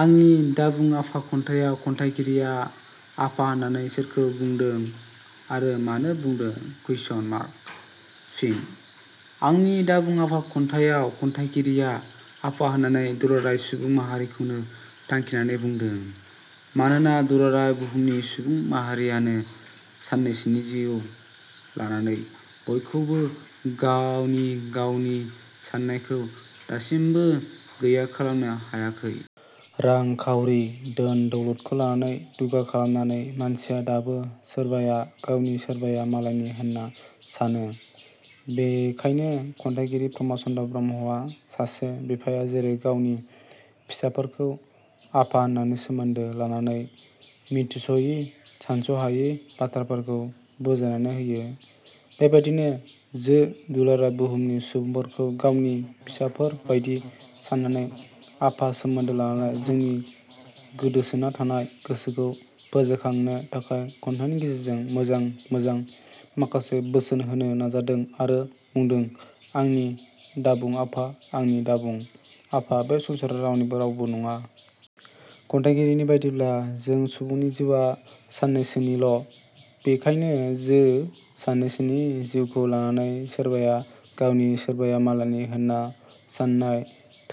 'आंनि दाबुं आफा' खन्थाइयाव खन्थाइगिरिया' आफा' होननानै सोरखौ बुंदों आरो मानो बुंदों? फिनः 'आंनि दाबुं आफा' खन्थाइयाव खन्थाइगिरिया 'आफा' होननानै दुलाराय सुबुं माहारिखौनो थांखिनानै बुंदों। मानोना दुलाराय बहुमनि सुबुं माहारियानो साननैसोनि जिउखौ लानानै बयखौबों गावनि गावनि साननायखौ दासिमबो गैया खालामनो हायाखै। रां-खावरि, धोन-दौलदखौ लानानै दुगा खालामनानै मानसिया दाबो सोरबाया गावनि सोरबाया मालायनि होनना सानो। बेखायनो खन्थाइगिरि प्रमद चन्द्र ब्रह्मआ सासे बिफाया जेरै गावनि फिसाफोरखौ आफा होननानै सोमोन्दो लानानै मिथिस'यि सानस'हायि बाथ्राफोरखौ बुजायनानै होयो, बेबादिनो जो दुलाराय बहुमनि सुबुंफोरखौ गावनि फिसाफोर बादि साननानै आफा सोमोन्दो लानानै जोंनि गोदोसोना थानाय गोसोखौ फोजाखांनो थाखाय खन्थाइनि गेजेरजों मोजां मोजां माखासे बोसोन होनो नाजादों आरो बुंदों- आंनि दाबुं आफा आंनि दाबुं आफा बे संसाराव रावनि रावबो नङा। खन्थाइगिरिनि बादियैब्ला जों सुबुनि जिउवा साननैसोनिल'। बेखायनो जो साननैसोनि जिउखौ लानानै सोरबाया गावनि सोरबाया मालायनि होनना साननाय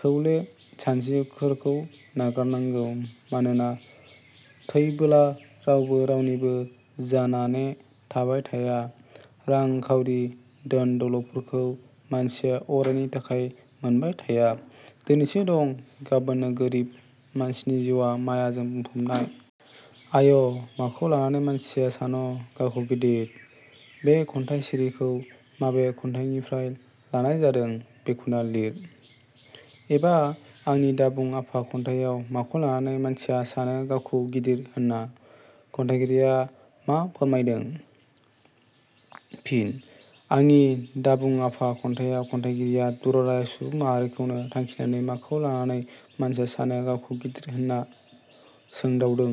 थौले सानसिफोरखौ नागारनांगौ। मानोना थैबोला रावबो रावनिबो जानाने थाबाय थाया। रां-खावरि, धोन-दौलदफोरखौ मानसिया अरायनि थाखाय मोनबाय थाया, दिनैसो दं गावबोननो गोरिब, मानसिनि जिउवा मायाजों बुंफबनाय। "आय' माखौ लानानै मानसिया सान गावखौ गिदिर"-बे खन्थाइ सिरिखौ माबे खन्थाइनिफ्राय लानाय जादों बेखेवना लिर। "एबा" 'आंनि दाबुं आफा' खन्थाइयाव माखौ लानानै मानसिया सानो गावखौ गिदिर होनना खन्थाइगिरिया मा फोरमायदों? फिन: 'आंनि दा बुं आफा' खन्थाइयाव खन्थाइगिरिया दुलाराय सुबुं माहारिखौनो थांखिनानै 'माखौ लानानै मानसिया सानो गावखौ गिदिर' होनना सोंदावदों।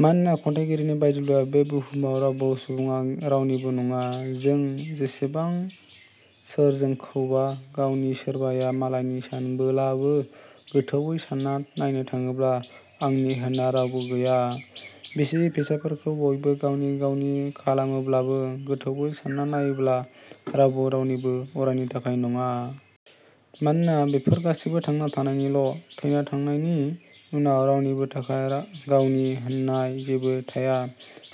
मानोना, खन्थाइगिरिनि बायदिब्ला बे बुहुमाव रावबो सुबुडा रावनिबो नङा। जों जेसेबा सोरखौबा गावनि सोरबाया मालायनि सानबोलाबो गोथौवै सानना नायनो थाङोब्ला आंनि होननाय रावबो गया। बिसि-फिसाफोरखौ बयबो गावनि गावनि खालामोब्लाबो गोथौवै सानना नायबोला रावबो रावनिबो अरायनि थाखाय नङा। मानोना बेफोर गासैबो थांना थानायनिल'। थैना थांनायनि उनाव रावनिबो थाखाय गावनि होननाय जेबो थाया।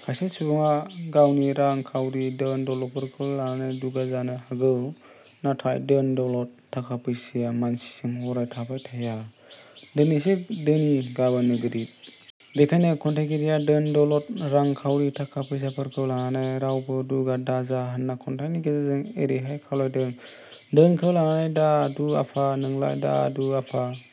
खायसे सुबुङा गावनि रां खावरि धोन दौलदफोरखौ लानानै दुगा जानो हागौ। नाथाय धोन-दौलद, थाखा- फैसाया मानसिजों अराय थाबाय थाया, दिनैसो धोनि गाबोननो गोरिब। बेखायनो खन्थाइगिरिया धोन दौलद रां-खावरि थाखा फैसाफोरखौ लानानै रावबो दुगा दा जा होनना खन्थाइनि गेजेरजों एरैहाय खावलायदों- दोहोनखौ लानानै दा दु आफा- नोंलाय दादु आफा।